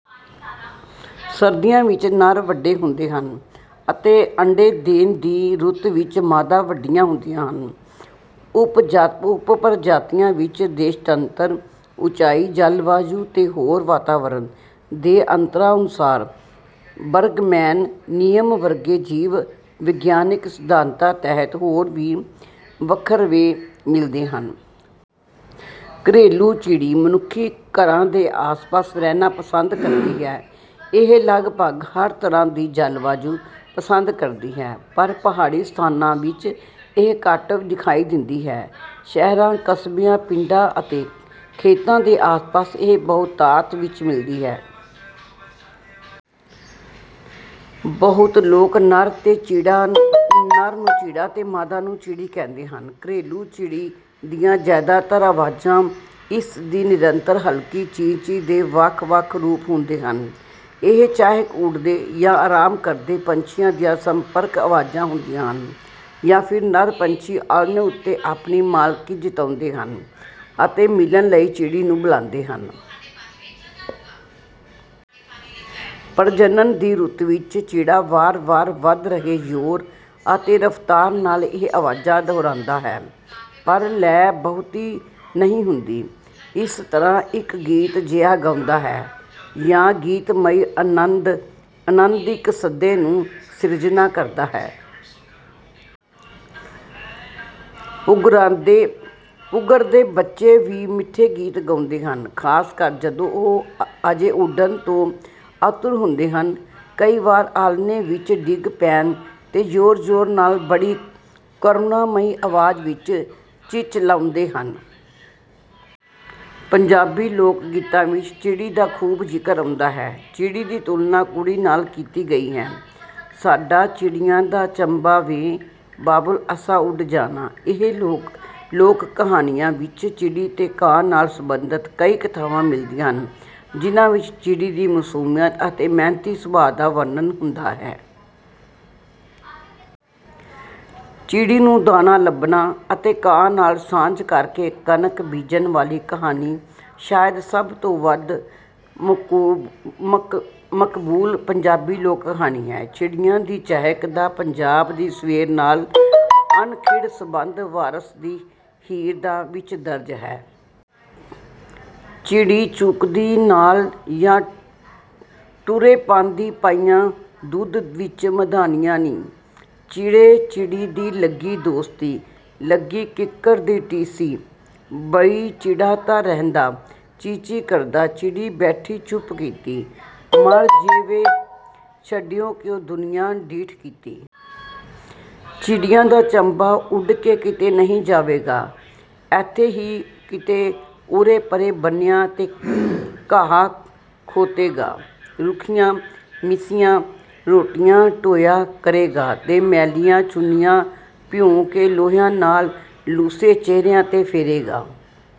ਸਰਦੀਆਂ ਵਿੱਚ ਨਰ ਵੱਡੇ ਹੁੰਦੇ ਹਨ ਅਤੇ ਅੰਡੇ ਦੇਣ ਦੀ ਰੁੱਤ ਵਿੱਚ ਮਾਦਾ ਵੱਡੀਆਂ ਹੁੰਦੀਆਂ ਹਨ। ਉੱਪ ਪ੍ਰਜਾਤੀਆਂ ਵਿੱਚ ਦੇਸ਼ਾਂਤਰ, ਉੱਚਾਈ, ਜਲਵਾਯੂ ਅਤੇ ਹੋਰ ਵਾਤਾਵਰਨ ਦੇ ਅੰਤਰਾਂ ਅਨੁਸਾਰ ਬਰਗਮੈਨ ਨਿਯਮ ਵਰਗੇ ਜੀਵ-ਵਿਗਿਆਨਕ ਸਿਧਾਂਤਾਂ ਤਹਿਤ ਹੋਰ ਵੀ ਵਖਰੇਵੇਂ ਮਿਲਦੇ ਹਨ। ਘਰੇਲੂ ਚਿੜੀ ਮਨੁੱਖੀ ਘਰਾਂ ਦੇ ਆਸਪਾਸ ਰਹਿਣਾ ਪਸੰਦ ਕਰਦੀ ਹੈ। ਇਹ ਲਗਪਗ ਹਰ ਤਰ੍ਹਾਂ ਦੀ ਜਲਵਾਯੂ ਪਸੰਦ ਕਰਦੀ ਹੈ ਪਰ ਪਹਾੜੀ ਸਥਾਨਾਂ ਵਿੱਚ ਇਹ ਘੱਟ ਵਿਖਾਈ ਦਿੰਦੀ ਹੈ। ਸ਼ਹਿਰਾਂ, ਕਸਬਿਆਂ, ਪਿੰਡਾਂ ਅਤੇ ਖੇਤਾਂ ਦੇ ਆਸਪਾਸ ਇਹ ਬਹੁਤਾਤ ਵਿੱਚ ਮਿਲਦੀ ਹੈ। ਬਹੁਤ ਲੋਕ ਨਰ ਨੂੰ ਚਿੜਾ ਅਤੇ ਮਾਦਾ ਨੂੰ ਚਿੜੀ ਕਹਿੰਦੇ ਹਨ। ਘਰੇਲੂ ਚਿੜੀ ਦੀਆਂ ਜਿਆਦਾਤਰ ਆਵਾਜ਼ਾਂ ਇਸ ਦੀ ਨਿਰੰਤਰ ਹਲਕੀ ਚੀਂ-ਚੀਂ ਦੇ ਵੱਖ ਵੱਖ ਰੂਪ ਹੁੰਦੇ ਹਨ। ਇਹ ਚਹਿਕ ਉਡਦੇ ਜਾਂ ਆਰਾਮ ਕਰਦੇ ਪੰਛੀਆਂ ਦੀਆਂ ਸੰਪਰਕ ਆਵਾਜ਼ਾਂ ਹੁੰਦੀਆਂ ਹਨ ਜਾਂ ਫਿਰ ਨਰ ਪੰਛੀ ਆਲ੍ਹਣੇ ਉੱਤੇ ਆਪਣੀ ਮਾਲਕੀ ਜਤਾਉਂਦੇ ਹਨ ਅਤੇ ਮਿਲਣ ਲਈ ਚਿੜੀ ਨੂੰ ਬੁਲਾਉਂਦੇ ਹਨ। ਪ੍ਰਜਨਣ ਦੀ ਰੁੱਤ ਵਿੱਚ ਚਿੜਾ ਵਾਰ ਵਾਰ ਵਧ ਰਹੇ ਜੋਰ ਅਤੇ ਰਫ਼ਤਾਰ ਨਾਲ ਇਹ ਆਵਾਜ਼ਾਂ ਦੁਹਰਾਉਂਦਾ ਹੈ ਪਰ ਲੈਅ ਬਹੁਤੀ ਨਹੀਂ ਹੁੰਦੀ। ਇਸ ਤਰ੍ਹਾਂ ਇੱਕ ਗੀਤ ਜਿਹਾ ਗਾਉਂਦਾ ਹੈ ਜਾਂ ਗੀਤਮਈ ਅਨੰਦਾਇਕ ਸੱਦੇ ਨੂੰ ਸਿਰਜਣਾ ਕਰਦਾ ਹੈ। ਉਗਰਦੇ ਬੱਚੇ ਵੀ ਮਿੱਠੇ ਗੀਤ ਗਾਉਂਦੇ ਹਨ ਖਾਸ ਕਰ ਜਦੋਂ ਉਹ ਅਜੇ ਉਡਣ ਤੋਂ ਆਤੁਰ ਹੁੰਦੇ ਹਨ। ਕਈ ਵਾਰ ਆਲ੍ਹਣੇ ਵਿੱਚੋਂ ਡਿੱਗ ਪੈਣ ਤੇ ਜੋਰ ਜੋਰ ਨਾਲ ਬੜੀ ਕਰੁਣਾਮਈ ਆਵਾਜ਼ ਵਿੱਚ ਚਿਚਲਾਉਂਦੇ ਹਨ। ਪੰਜਾਬੀ ਲੋਕ ਗੀਤਾਂ ਵਿੱਚ ਵੀ ਚਿੜੀ ਦਾ ਖੂਬ ਜ਼ਿਕਰ ਆਉਂਦਾ ਹੈ। ਚਿੜੀ ਦੀ ਤੁਲਨਾ ਕੁੜੀ ਨਾਲ ਕੀਤੀ ਗਈ ਹੈ। ਸਾਡਾ ਚਿੜੀਆਂ ਦਾ ਚੰਬਾ ਵੇ ਬਾਬੁਲ ਅਸਾਂ ਉੱਡ ਜਾਣਾ। ਲੋਕ ਕਹਾਣੀਆਂ ਵਿੱਚ ਚਿੜੀ ਤੇ ਕਾਂ ਨਾਲ ਸਬੰਧਤ ਕਈ ਕਥਾਵਾਂ ਮਿਲਦੀਆਂ ਹਨ ਜਿਹਨਾਂ ਵਿੱਚ ਚਿੜੀ ਦੀ ਮਾਸੂਮੀਅਤ ਅਤੇ ਮਿਹਨਤੀ ਸੁਭਾ ਦਾ ਵਰਣਨ ਹੁੰਦਾ ਹੈ। ਚਿੜੀ ਨੂੰ ਦਾਣਾ ਲੱਭਣਾ ਅਤੇ ਕਾਂ ਨਾਲ ਸਾਂਝ ਕਰ ਕੇ ਕਣਕ ਬੀਜਣ ਵਾਲੀ ਕਹਾਣੀ ਸ਼ਾਇਦ ਸਭ ਤੋਂ ਵੱਧ ਮਕਬੂਲ ਪੰਜਾਬੀ ਲੋਕ ਕਹਾਣੀ ਹੈ। ਚਿੜੀਆਂ ਦੀ ਚਹਿਕ ਦਾ ਪੰਜਾਬ ਦੀ ਸਵੇਰ ਨਾਲ ਅਨਖੜ ਸੰਬੰਧ ਵਾਰਸ ਦੀ ਹੀਰ ਵਿੱਚ ਦਰਜ ਹੈ। ਚਿੜੀ ਚੂਕਦੀ ਨਾਲ ਜਾਂ ਟੁਰੇ ਪਾਂਧੀ ਪਈਆਂ ਦੁੱਧ ਦੇ ਵਿੱਚ ਮਧਾਣੀਆਂ ਨੀ। ਚਿੜੇ ਚਿੜੀ ਦੀ ਲੱਗੀ ਦੋਸਤੀ ਲੱਗੀ ਕਿੱਕਰ ਦੀ ਟੀਸੀ। ਬਈ ਚਿੜਾ ਤਾਂ ਰਹਿੰਦਾ ਚੀ-ਚੀ ਕਰਦਾ ਚਿੜੀ ਬੈਠੀ ਚੁੱਪ ਕੀਤੀ। ਮਰ ਜੋ ਵੇ ਛੜਿਉ ਕਿਉਂ ਦੁਨੀਆਂ ਢੀਠ ਕੀਤੀ। ਚਿੜੀਆਂ ਦਾ ਚੰਬਾ ਉੱਡ ਕੇ ਕਿਤੇ ਨਹੀਂ ਜਾਵੇਗਾ। ਐਥੇ ਹੀ ਕਿਤੇ ਉਰੇ ਪਰੇ ਬੰਨਿਆਂ ਤੋਂ ਘਾਹ ਖੋਤੇਗਾ। ਰੁੱਖੀਆਂ ਮਿੱਸੀਆਂ ਰੋਟੀਆਂ ਢੋਇਆ ਕਰੇਗਾ ਤੇ ਮੈਲੀਆਂ ਚੁੰਨੀਆਂ ਭਿਉਂ ਕੇ ਲੋਹਿਆਂ ਨਾਲ ਲੂਸੇ ਚਿਹਰਿਆਂ ਤੇ ਫੇਰੇਗਾ।